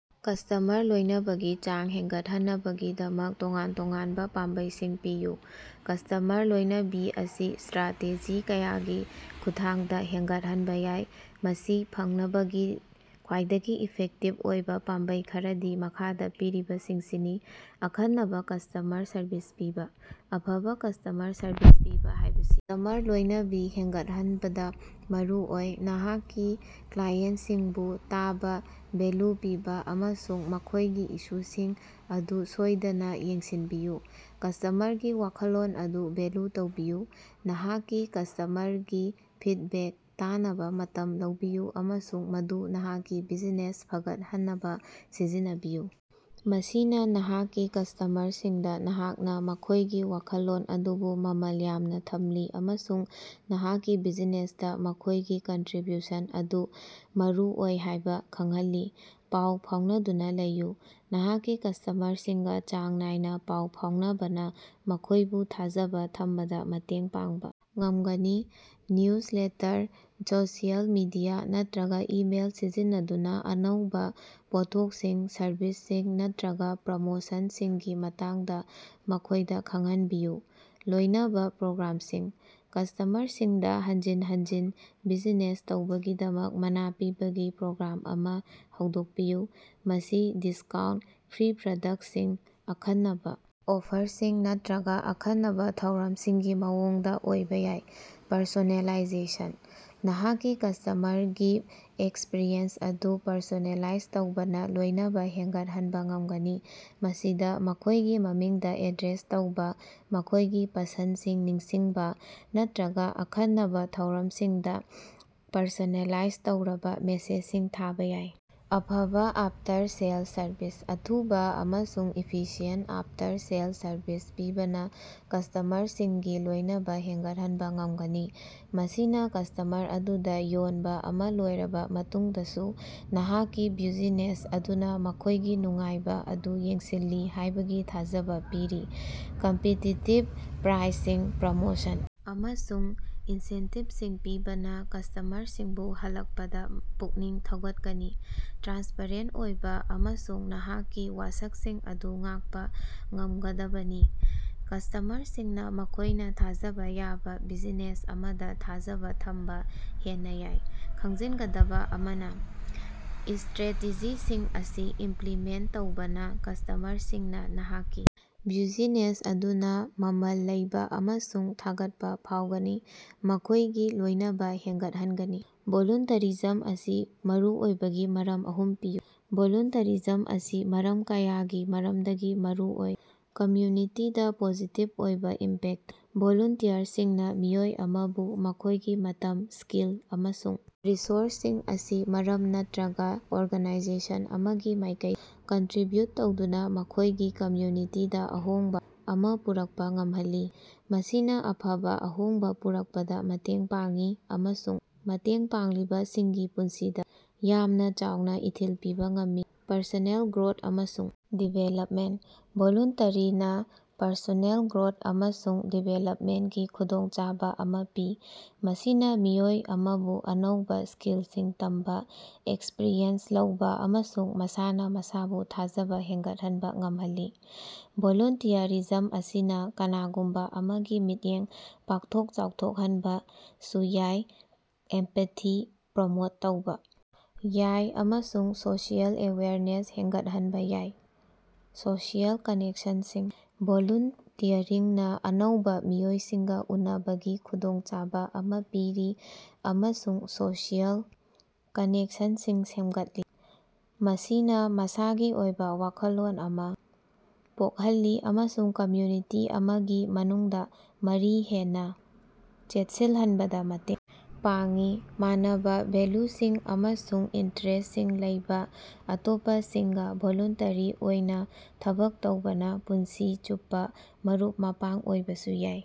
Customer ꯂꯣꯏꯅꯕꯒꯤ ꯆꯥꯡ ꯍꯦꯟꯒꯠꯍꯟꯅꯕꯒꯤꯗꯃꯛ ꯇꯣꯉꯥꯟ-ꯇꯣꯉꯥꯟꯕꯥ ꯄꯥꯝꯕꯩꯁꯤꯡ ꯄꯤꯌꯨ꯫ ꯀꯁ꯭ꯇꯃꯔ ꯂꯣꯏꯅꯕꯤ ꯑꯁꯤ ꯏꯁꯇ꯭ꯔꯥꯇꯦꯖꯤ ꯀꯌꯥꯒꯤ ꯈꯨꯠꯊꯥꯡꯗꯥ ꯍꯦꯟꯒꯠꯍꯟꯕꯥ ꯌꯥꯏ꯫ ꯃꯁꯤ ꯐꯪꯅꯕꯒꯤ ꯈ꯭ꯋꯥꯏꯗꯒꯤ ꯏꯐꯦꯛꯇꯤꯚ ꯑꯣꯏꯕꯥ ꯄꯥꯝꯕꯩ ꯈꯔꯗꯤ ꯃꯈꯥꯗꯥ ꯄꯤꯔꯤꯕꯁꯤꯡꯁꯤꯅꯤ: ꯑꯈꯟꯅꯕꯥ ꯀꯁ꯭ꯇꯃꯔ ꯁꯔꯚꯤꯁ ꯄꯤꯕꯥ: ꯑꯐꯕꯥ ꯀꯁ꯭ꯇꯃꯔ ꯁꯔꯚꯤꯁ ꯄꯤꯕꯥ ꯍꯥꯏꯕꯁꯤ ꯀꯁ꯭ꯇꯃꯔ ꯂꯣꯏꯅꯕꯤ ꯍꯦꯟꯒꯠꯍꯟꯕꯗꯥ ꯃꯔꯨ ꯑꯣꯏ꯫ ꯅꯍꯥꯛꯀꯤ ꯀ꯭ꯂꯥꯏꯟꯁꯤꯡꯕꯨ ꯇꯥꯕꯥ, ꯚꯦꯜꯂꯨ ꯄꯤꯕꯥ ꯑꯃꯁꯨꯡ ꯃꯈꯣꯏꯒꯤ ꯏꯁꯨꯁꯤꯡ ꯑꯗꯨ ꯁꯣꯏꯗꯅꯥ ꯌꯦꯡꯁꯤꯟꯕꯤꯌꯨ꯫ ꯀꯁ꯭ꯇꯃꯔꯒꯤ ꯋꯥꯈꯜꯂꯣꯟ ꯑꯗꯨ ꯚꯦꯜꯌꯨ ꯇꯧꯕꯤꯌꯨ: ꯅꯍꯥꯛꯀꯤ ꯀꯁ꯭ꯇꯃꯔꯒꯤ ꯐꯤꯗꯕꯦꯛ ꯇꯥꯅꯕꯥ ꯃꯇꯝ ꯂꯧꯕꯤꯌꯨ ꯑꯃꯁꯨꯡ ꯃꯗꯨ ꯅꯍꯥꯛꯀꯤ ꯕꯤꯖꯤꯅꯦꯁ ꯐꯒꯠꯍꯟꯅꯕꯥ ꯁꯤꯖꯤꯟꯅꯕꯤꯌꯨ꯫ ꯃꯁꯤꯅꯥ ꯅꯍꯥꯛꯀꯤ ꯀꯁ꯭ꯇꯃꯔꯁꯤꯡꯗꯥ ꯅꯍꯥꯛꯅꯥ ꯃꯈꯣꯏꯒꯤ ꯋꯥꯈꯜꯂꯣꯟ ꯑꯗꯨꯕꯨ ꯃꯃꯜ ꯌꯥꯝꯅꯥ ꯊꯝꯂꯤ ꯑꯃꯁꯨꯡ ꯅꯍꯥꯛꯀꯤ ꯕꯤꯖꯤꯅꯦꯁꯇꯥ ꯃꯈꯣꯏꯒꯤ ꯀꯟꯇ꯭ꯔꯤꯕ꯭ꯌꯨꯁꯟ ꯑꯗꯨ ꯃꯔꯨꯑꯣꯏ ꯍꯥꯏꯕꯥ ꯈꯪꯍꯜꯂꯤ꯫ ꯄꯥꯎ ꯐꯥꯎꯅꯗꯨꯅꯥ ꯂꯩꯌꯨ: ꯅꯍꯥꯛꯀꯤ ꯀꯁ꯭ꯇꯃꯔꯁꯤꯡꯒꯥ ꯆꯥꯡ ꯅꯥꯏꯅꯥ ꯄꯥꯎ ꯐꯥꯎꯅꯕꯅꯥ ꯃꯈꯣꯏꯕꯨ ꯊꯥꯖꯕꯥ ꯊꯝꯕꯗꯥ ꯃꯇꯦꯡ ꯄꯥꯡꯕꯥ ꯉꯝꯒꯅꯤ꯫ ꯅ꯭ꯌꯨꯖ ꯂꯦꯇꯔ, ꯁꯣꯁꯤꯑꯦꯜ ꯃꯤꯗꯤꯌꯥ ꯅꯠꯇ꯭ꯔꯒꯥ ꯏꯃꯦꯜ ꯁꯤꯖꯤꯟꯅꯗꯨꯅꯥ ꯑꯅꯧꯕꯥ ꯄꯣꯠꯊꯣꯛꯁꯤꯡ, ꯁꯔꯚꯤꯁꯁꯤꯡ ꯅꯠꯇ꯭ꯔꯒꯥ ꯄ꯭ꯔꯣꯃꯣꯁꯟꯁꯤꯡꯒꯤ ꯃꯇꯥꯡꯗꯥ ꯃꯈꯣꯏꯗꯥ ꯈꯪꯍꯟꯕꯤꯌꯨ꯫ ꯂꯣꯏꯅꯕ ꯄ꯭ꯔꯣꯒ꯭ꯔꯥꯝꯁꯤꯡ: ꯀꯁ꯭ꯇꯃꯔꯁꯤꯡꯗꯥ ꯍꯟꯖꯤꯟ ꯍꯟꯖꯤꯟ ꯕꯤꯖꯤꯅꯦꯁ ꯇꯧꯕꯒꯤꯗꯃꯛ ꯃꯅꯥ ꯄꯤꯕꯥꯒꯤ ꯄ꯭ꯔꯣꯒ꯭ꯔꯥꯝ ꯑꯃꯥ ꯍꯧꯗꯣꯛꯄꯤꯌꯨ꯫ ꯃꯁꯤ ꯗꯤꯁꯀꯥꯎꯟꯇ, ꯐ꯭ꯔꯤ ꯄ꯭ꯔꯗꯛꯁꯁꯤꯡ, ꯑꯈꯟꯅꯕꯥ ꯑꯣꯐꯔꯁꯤꯡ ꯅꯠꯇ꯭ꯔꯒꯥ ꯑꯈꯟꯅꯕꯥ ꯊꯧꯔꯝꯁꯤꯡꯒꯤ ꯃꯑꯣꯡꯗꯥ ꯑꯣꯏꯕꯥ ꯌꯥꯏ꯫ ꯄꯔꯁꯣꯅꯦꯂꯥꯏꯖꯦꯁꯟ: ꯅꯍꯥꯛꯀꯤ ꯀꯁ꯭ꯇꯃꯔꯒꯤ ꯑꯦꯛꯁꯄ꯭ꯔꯤꯌꯦꯟꯁ ꯑꯗꯨ ꯄꯔꯁꯣꯅꯦꯂꯥꯏꯖ ꯇꯧꯕꯅꯥ ꯂꯣꯏꯅꯕ ꯍꯦꯟꯒꯠꯍꯟꯕꯥ ꯉꯝꯒꯅꯤ꯫ ꯃꯁꯤꯗꯥ ꯃꯈꯣꯏꯒꯤ ꯃꯃꯤꯡꯗꯥ ꯑꯦꯗ꯭ꯔꯦꯁ ꯇꯧꯕꯥ, ꯃꯈꯣꯏꯒꯤ ꯄꯁꯟꯗꯁꯤꯡ ꯅꯤꯡꯁꯤꯡꯕꯥ ꯅꯠꯇ꯭ꯔꯒꯥ ꯑꯈꯟꯅꯕꯥ ꯊꯧꯔꯝꯁꯤꯡꯗꯥ ꯄꯔꯁꯣꯅꯦꯂꯥꯏꯖ ꯇꯧꯔꯕꯥ ꯃꯦꯁꯦꯖꯁꯤꯡ ꯊꯥꯕꯥ ꯌꯥꯏ꯫ ꯑꯐꯕꯥ ꯑꯥꯞꯇꯔ-ꯁꯦꯜꯁ ꯁꯔꯕꯤꯁ: ꯑꯊꯨꯕꯥ ꯑꯃꯁꯨꯡ ꯏꯐꯤꯁꯤꯌꯦꯟꯇ ꯑꯥꯐꯇꯔ-ꯁꯦꯜꯁ ꯁꯔꯕꯤꯁ ꯄꯤꯕꯅꯥ ꯀꯁ꯭ꯇꯃꯔꯁꯤꯡꯒꯤ ꯂꯣꯏꯅꯕ ꯍꯦꯟꯒꯠꯍꯟꯕꯥ ꯉꯝꯒꯅꯤ꯫ ꯃꯁꯤꯅꯥ ꯀꯁ꯭ꯇꯃꯔ ꯑꯗꯨꯗꯥ ꯌꯣꯟꯕꯥ ꯑꯃꯥ ꯂꯣꯏꯔꯕꯥ ꯃꯇꯨꯡꯗꯁꯨ ꯅꯍꯥꯛꯀꯤ ꯕ꯭ꯌꯨꯖꯤꯅꯦꯁ ꯑꯗꯨꯅꯥ ꯃꯈꯣꯏꯒꯤ ꯅꯨꯡꯉꯥꯏꯕꯥ ꯑꯗꯨ ꯌꯦꯡꯁꯤꯜꯂꯤ ꯍꯥꯏꯕꯒꯤ ꯊꯥꯖꯕꯥ ꯄꯤꯔꯤ꯫ ꯀꯝꯄꯤꯇꯤꯇꯤꯞ ꯄ꯭ꯔꯥꯏꯁꯁꯤꯡ, ꯄ꯭ꯔꯃꯣꯁꯟ, ꯑꯃꯁꯨꯡ ꯏꯟꯁꯦꯟꯇꯤꯕꯁꯤꯡ ꯄꯤꯕꯅꯥ ꯀꯁ꯭ꯇꯃꯔꯁꯤꯡꯕꯨ ꯍꯜꯂꯛꯄꯗꯥ ꯄꯨꯛꯅꯤꯡ ꯊꯧꯒꯠꯀꯅꯤ꯫ ꯇ꯭ꯔꯥꯟꯁꯄꯔꯦꯟꯇ ꯑꯣꯏꯕꯥ ꯑꯃꯁꯨꯡ ꯅꯍꯥꯛꯀꯤ ꯋꯥꯁꯛꯁꯤꯡ ꯑꯗꯨ ꯉꯥꯛꯄꯥ ꯉꯝꯒꯗꯕꯅꯤ꯫ ꯀꯁ꯭ꯇꯃꯔꯁꯤꯡꯅꯥ ꯃꯈꯣꯏꯅꯥ ꯊꯥꯖꯕꯥ ꯌꯥꯕꯥ ꯕꯤꯖꯤꯅꯦꯁ ꯑꯃꯗꯥ ꯊꯥꯖꯕꯥ ꯊꯝꯕꯥ ꯍꯦꯟꯅꯥ ꯌꯥꯏ꯫ ꯈꯪꯖꯤꯟꯒꯗꯕꯥ ꯑꯃꯅꯥ, ꯏꯁꯇ꯭ꯔꯥꯇꯦꯖꯤꯁꯤꯡ ꯑꯁꯤ ꯏꯝꯄ꯭ꯂꯤꯃꯦꯟꯇ ꯇꯧꯕꯅꯥ ꯀꯁ꯭ꯇꯃꯔꯁꯤꯡꯅꯥ ꯅꯍꯥꯛꯀꯤ ꯕ꯭ꯌꯨꯖꯤꯅꯦꯁ ꯑꯗꯨꯅꯥ ꯃꯃꯜ ꯂꯩꯕꯥ ꯑꯃꯁꯨꯡ ꯊꯥꯒꯠꯄꯥ ꯐꯥꯎꯒꯅꯤ, ꯃꯈꯣꯏꯒꯤ ꯂꯣꯏꯅꯕ ꯍꯦꯟꯒꯠꯍꯟꯒꯅꯤ꯫ ꯚꯣꯂꯨꯟꯇꯔꯤꯖꯝ ꯑꯁꯤ ꯃꯔꯨꯑꯣꯏꯕꯒꯤ ꯃꯔꯝ ꯑꯍꯨꯝ ꯄꯤꯌꯨ꯫ ꯚꯣꯂꯨꯟꯇꯔꯤꯖꯝ ꯑꯁꯤ ꯃꯔꯝ ꯀꯌꯥꯒꯤ ꯃꯔꯝꯗꯒꯤ ꯃꯔꯨꯑꯣꯏ: ꯀꯝꯃ꯭ꯌꯨꯅꯤꯇꯤꯗꯥ ꯄꯣꯖꯤꯇꯤꯚ ꯑꯣꯏꯕꯥ ꯏꯝꯄꯦꯛꯇ: ꯚꯣꯂꯨꯟꯇꯤꯌꯔꯁꯤꯡꯅꯥ ꯃꯤꯑꯣꯏ ꯑꯃꯕꯨ ꯃꯈꯣꯏꯒꯤ ꯃꯇꯝ, ꯁ꯭ꯀꯤꯜ ꯑꯃꯁꯨꯡ ꯔꯤꯁꯣꯔꯁꯁꯤꯡ ꯑꯁꯤ ꯃꯔꯝ ꯅꯠꯇ꯭ꯔꯒꯥ ꯑꯣꯔꯒꯥꯅꯥꯏꯖꯦꯁꯟ ꯑꯃꯒꯤ ꯃꯥꯏꯀꯩꯗꯥ ꯀꯟꯇ꯭ꯔꯤꯕ꯭ꯌꯨꯠ ꯇꯧꯗꯨꯅꯥ ꯃꯈꯣꯏꯒꯤ ꯀꯝꯃ꯭ꯌꯨꯅꯤꯇꯤꯗꯥ ꯑꯍꯣꯡꯕꯥ ꯑꯃꯥ ꯄꯨꯔꯛꯄꯥ ꯉꯝꯍꯜꯂꯤ꯫ ꯃꯁꯤꯅꯥ ꯑꯐꯕꯥ ꯑꯍꯣꯡꯕꯥ ꯄꯨꯔꯛꯄꯗꯥ ꯃꯇꯦꯡ ꯄꯥꯡꯏ ꯑꯃꯁꯨꯡ ꯃꯇꯦꯡ ꯄꯥꯡꯂꯤꯕꯁꯤꯡꯒꯤ ꯄꯨꯟꯁꯤꯗꯥ ꯌꯥꯝꯅꯥ ꯆꯥꯎꯅꯥ ꯏꯊꯤꯜ ꯄꯤꯕꯥ ꯉꯝꯃꯤ꯫ ꯄꯔꯁꯣꯅꯦꯜ ꯒ꯭ꯔꯣꯠ ꯑꯃꯁꯨꯡ ꯗꯤꯚꯦꯂꯞꯃꯦꯟꯇ: ꯚꯣꯂꯨꯟꯇꯔꯤꯅꯥ ꯄꯔꯁꯣꯅꯦꯜ ꯒ꯭ꯔꯣꯠ ꯑꯃꯁꯨꯡ ꯗꯤꯚꯦꯂꯞꯃꯦꯟꯇꯒꯤ ꯈꯨꯗꯣꯡꯆꯥꯕꯥ ꯑꯃꯥ ꯄꯤ꯫ ꯃꯁꯤꯅꯥ ꯃꯤꯑꯣꯏ ꯑꯃꯕꯨ ꯑꯅꯧꯕꯥ ꯁ꯭ꯀꯤꯜꯁꯤꯡ ꯇꯝꯕꯥ, ꯑꯦꯛꯁꯄ꯭ꯔꯤꯌꯦꯟꯁ ꯂꯧꯕꯥ ꯑꯃꯁꯨꯡ ꯃꯁꯥꯅꯥ ꯃꯁꯥꯕꯨ ꯊꯥꯖꯕꯥ ꯍꯦꯟꯒꯠꯍꯟꯕꯥ ꯉꯝꯍꯜꯂꯤ꯫ ꯚꯣꯂꯨꯟꯇꯤꯌꯔꯤꯖꯝ ꯑꯁꯤꯅꯥ ꯀꯅꯥꯒꯨꯝꯕꯥ ꯑꯃꯒꯤ ꯃꯤꯠꯌꯦꯡ ꯄꯥꯛꯊꯣꯛ-ꯆꯥꯎꯊꯣꯛꯍꯟꯕꯁꯨ ꯌꯥꯏ, ꯏꯝꯄꯥꯊꯤ ꯄ꯭ꯔꯃꯣꯠ ꯇꯧꯕꯥ ꯌꯥꯏ ꯑꯃꯁꯨꯡ ꯁꯣꯁꯤꯑꯦꯜ ꯑꯦꯋꯦꯌꯔꯅꯦꯁ ꯍꯦꯟꯒꯠꯍꯟꯕꯥ ꯌꯥꯏ꯫ ꯁꯣꯁꯤꯑꯦꯜ ꯀꯅꯦꯛꯁꯟꯁꯤꯡ: ꯚꯣꯂꯨꯟꯇꯤꯌꯔꯤꯡꯅꯥ ꯑꯅꯧꯕꯥ ꯃꯤꯑꯣꯏꯁꯤꯡꯒꯥ ꯎꯅꯕꯒꯤ ꯈꯨꯗꯣꯡꯆꯥꯕꯥ ꯑꯃꯥ ꯄꯤꯔꯤ ꯑꯃꯁꯨꯡ ꯁꯣꯁꯤꯑꯦꯜ ꯀꯅꯦꯛꯁꯟꯁꯤꯡ ꯁꯦꯝꯒꯠꯂꯤ꯫ ꯃꯁꯤꯅꯥ ꯃꯁꯥꯒꯤ ꯑꯣꯏꯕꯥ ꯋꯥꯈꯜꯂꯣꯟ ꯑꯃꯥ ꯄꯣꯛꯍꯜꯂꯤ ꯑꯃꯁꯨꯡ ꯀꯝꯃ꯭ꯌꯨꯅꯤꯇꯤ ꯑꯃꯒꯤ ꯃꯅꯨꯡꯗꯥ ꯃꯔꯤ ꯍꯦꯟꯅꯥ ꯆꯦꯠꯁꯤꯜꯍꯟꯕꯗꯥ ꯃꯇꯦꯡ ꯄꯥꯡꯏ꯫ ꯃꯥꯟꯅꯕꯥ ꯚꯦꯜꯂꯨꯁꯤꯡ ꯑꯃꯁꯨꯡ ꯏꯟꯇꯔꯦꯁꯁꯤꯡ ꯂꯩꯕꯥ ꯑꯇꯣꯞꯄꯁꯤꯡꯒꯥ ꯚꯣꯂꯨꯟꯇꯔꯤ ꯑꯣꯏꯅꯥ ꯊꯕꯛ ꯇꯧꯕꯅꯥ ꯄꯨꯟꯁꯤ ꯆꯨꯞꯄꯥ ꯃꯔꯨꯞ-ꯃꯄꯥꯡ ꯑꯣꯏꯕꯁꯨ ꯌꯥꯏ꯫